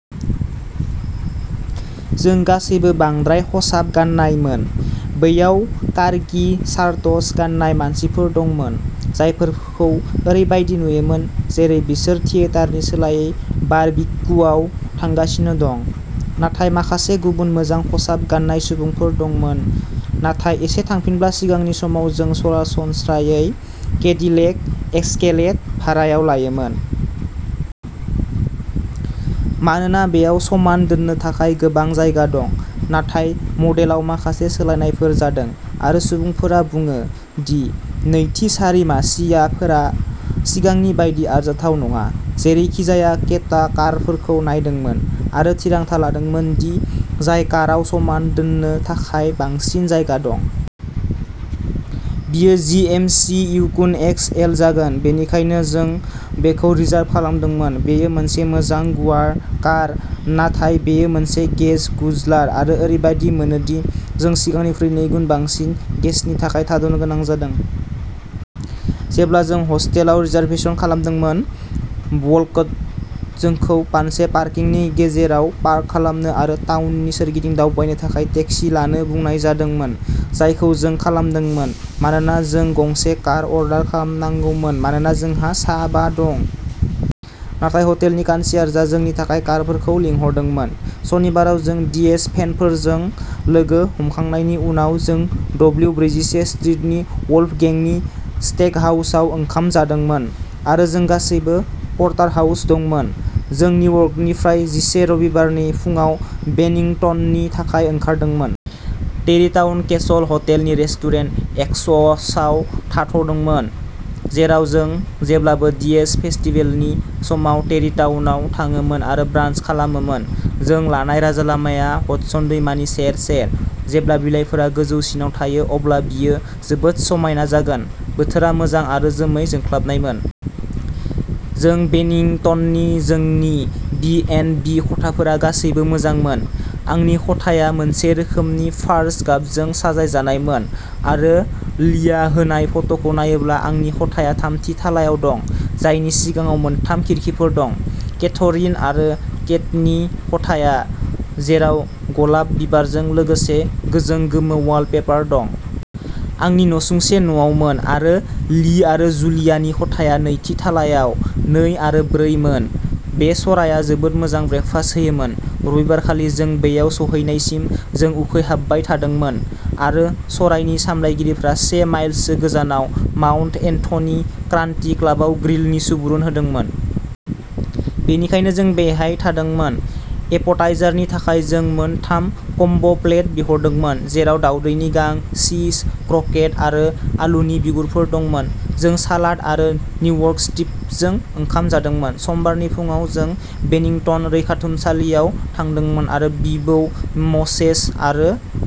जों गासैबो बांद्राय खसाब गाननायमोन। बैयाव कारगि शारटस गाननाय मानसिफोर दंमोन। जायफोरखौ ओरैबायदि नुयोमोन जेरै बिसोर थियेटारनि सोलायै बारबिक्युआव थांगासिनो दं। नाथाय माखासे गुबुन मोजां खसाब गाननाय सुबुंफोर दंमोन। नाथाय एसे थांफिनब्ला सिगांनि समाव जों सरासनस्रायै केडिलेक एस्केलेड भारायाव लायोमोन। मानोना बेयाव समान दोननो थाखाय गोबां जायगा दं। नाथाय मडेलाव माखासे सोलायनायफोर जादों आरो सुबुंफोरा बुङो दि नैथि सारि मासियाफोरा सिगांनि बायदि आरजाथाव नङा। जेरैखिजाया केटआ कारफोरखौ नायदोंमोन आरो थिरांथा लादोंमोन दि जाय काराव समान दोननो थाखाय बांसिन जायगा दं। बियो जि. एम. सि. युकन एक्स. एल. जागोन। बेनिखायनो जों बेखौ रिजार्भ खालामदोंमोन। बेयो मोनसे मोजां गुवार कार नाथाय बेयो मोनसे गेस गुज्लार आरो ओरैबादि मोनोदि जों सिगांनिख्रुइ नैगुन बांसिन गेसनि थाखाय थाद'नो गोनां जादों। जेब्ला जों हस्टेलाव रिजारभेसन खालामदोंमोन। वलकट जोंखौ फानसे पारकिंनि गेरेजाव पार्क खालामनो आरो टाउननि सोरगिदिं दावबायनो थाखाय टेक्सि लानो बुंनाय जादोंमोन। जायखौ जों खालामदोंमोन, मानोना जों गंसे कार अर्डार खालामनांगौमोन मानोना जोंहा सा बा दं। नाथाय हटेलनि कनसियारजआ जोंनि थाखाय कारफोरखौ लिंहरदोंमोन। सनिबाराव जों डीएस फेनफोरजों लोगो हमखांनायनि उनाव जों डब्लिउ ब्रैजिसे स्ट्रीटनि वल्फगेंनि स्टेकहाउसाव ओंखाम जादोंमोन आरो जों गासैबो परटारहाउस दंमोन। जों निउयर्कनिफ्राय जिसे रबिबारनि फुंआव बेनिंटननि थाखाय ओंखारदोंमोन। टेरिटाउन केसल हटेलनि रेस्टुरेन्ट एक्वसआव थाद'दोंमोन। जेराव जों जेब्लाबो डीएस फेस्टिभेनि समाव टेरिटाउनआव थाङोमोन आरो ब्रान्स खालामोमोन। जों लानाय राजालामाया हडसन दैमानि सेर सेर। जेब्ला बिलाइफोरा गोजौसिनाव थायो अब्ला बेयो जोबोद समायना जागोन। बोथोरा मोजां आरो जोमै जोंख्लाबनायमोन। जों बेनिंटननि जोंनि बी. एन्ड. बी. खथाफोरा गासैबो मोजांमोन। आंनि खथाया मोनसे रोखोमनि फारज गाबजों साजायजानायमोन आरो लीया होनाय फट'खौ नायोब्ला आंनि खथाया थामथि थालायाव दं जायनि सिगाङाव मोनथाम खिरखिफोर दं। केथरिन आरो केटनि खथाया, जेराव गलाब बिबारजों लोगोसे गोजों गोमो वालपेपार दं। आंनि नसुंसे न'आवमोन आरो ली आरो जुलियानि खथाया नैथि थालायाव नै आरो ब्रै मोन। बे सराया जोबोद मोजां ब्रेकफास्ट होयोमोन। रबिबारखालि जों बैयाव सौहैनायसिम जों उखैहाबबाय थादोंमोन आरो सरायनि सामलायगिरिफोरा से माइलसो गोजानाव माउन्ट एन्थनी कान्ट्री क्लाबआव ग्रिलनि सुबुरुन होदोंमोन। बेनिखायनो जों बैहाय थांदोंमोन। एप'टाइजारनि थाखाय जों मोन थाम कम्ब' प्लेट बिहरदोंमोन जेराव दावदैनि गां, चीज, क्रकेट आरो आलुनि बिगुरफोर दंमोन। जों सालाद आरो निउयर्क स्ट्रिप्सजों ओंखाम जादोंमोन। समबारनि फुंआव जों बेनिंटन रैखाथुमसालियाव थांदोंमोन आरो बिबौ मोजेस आरो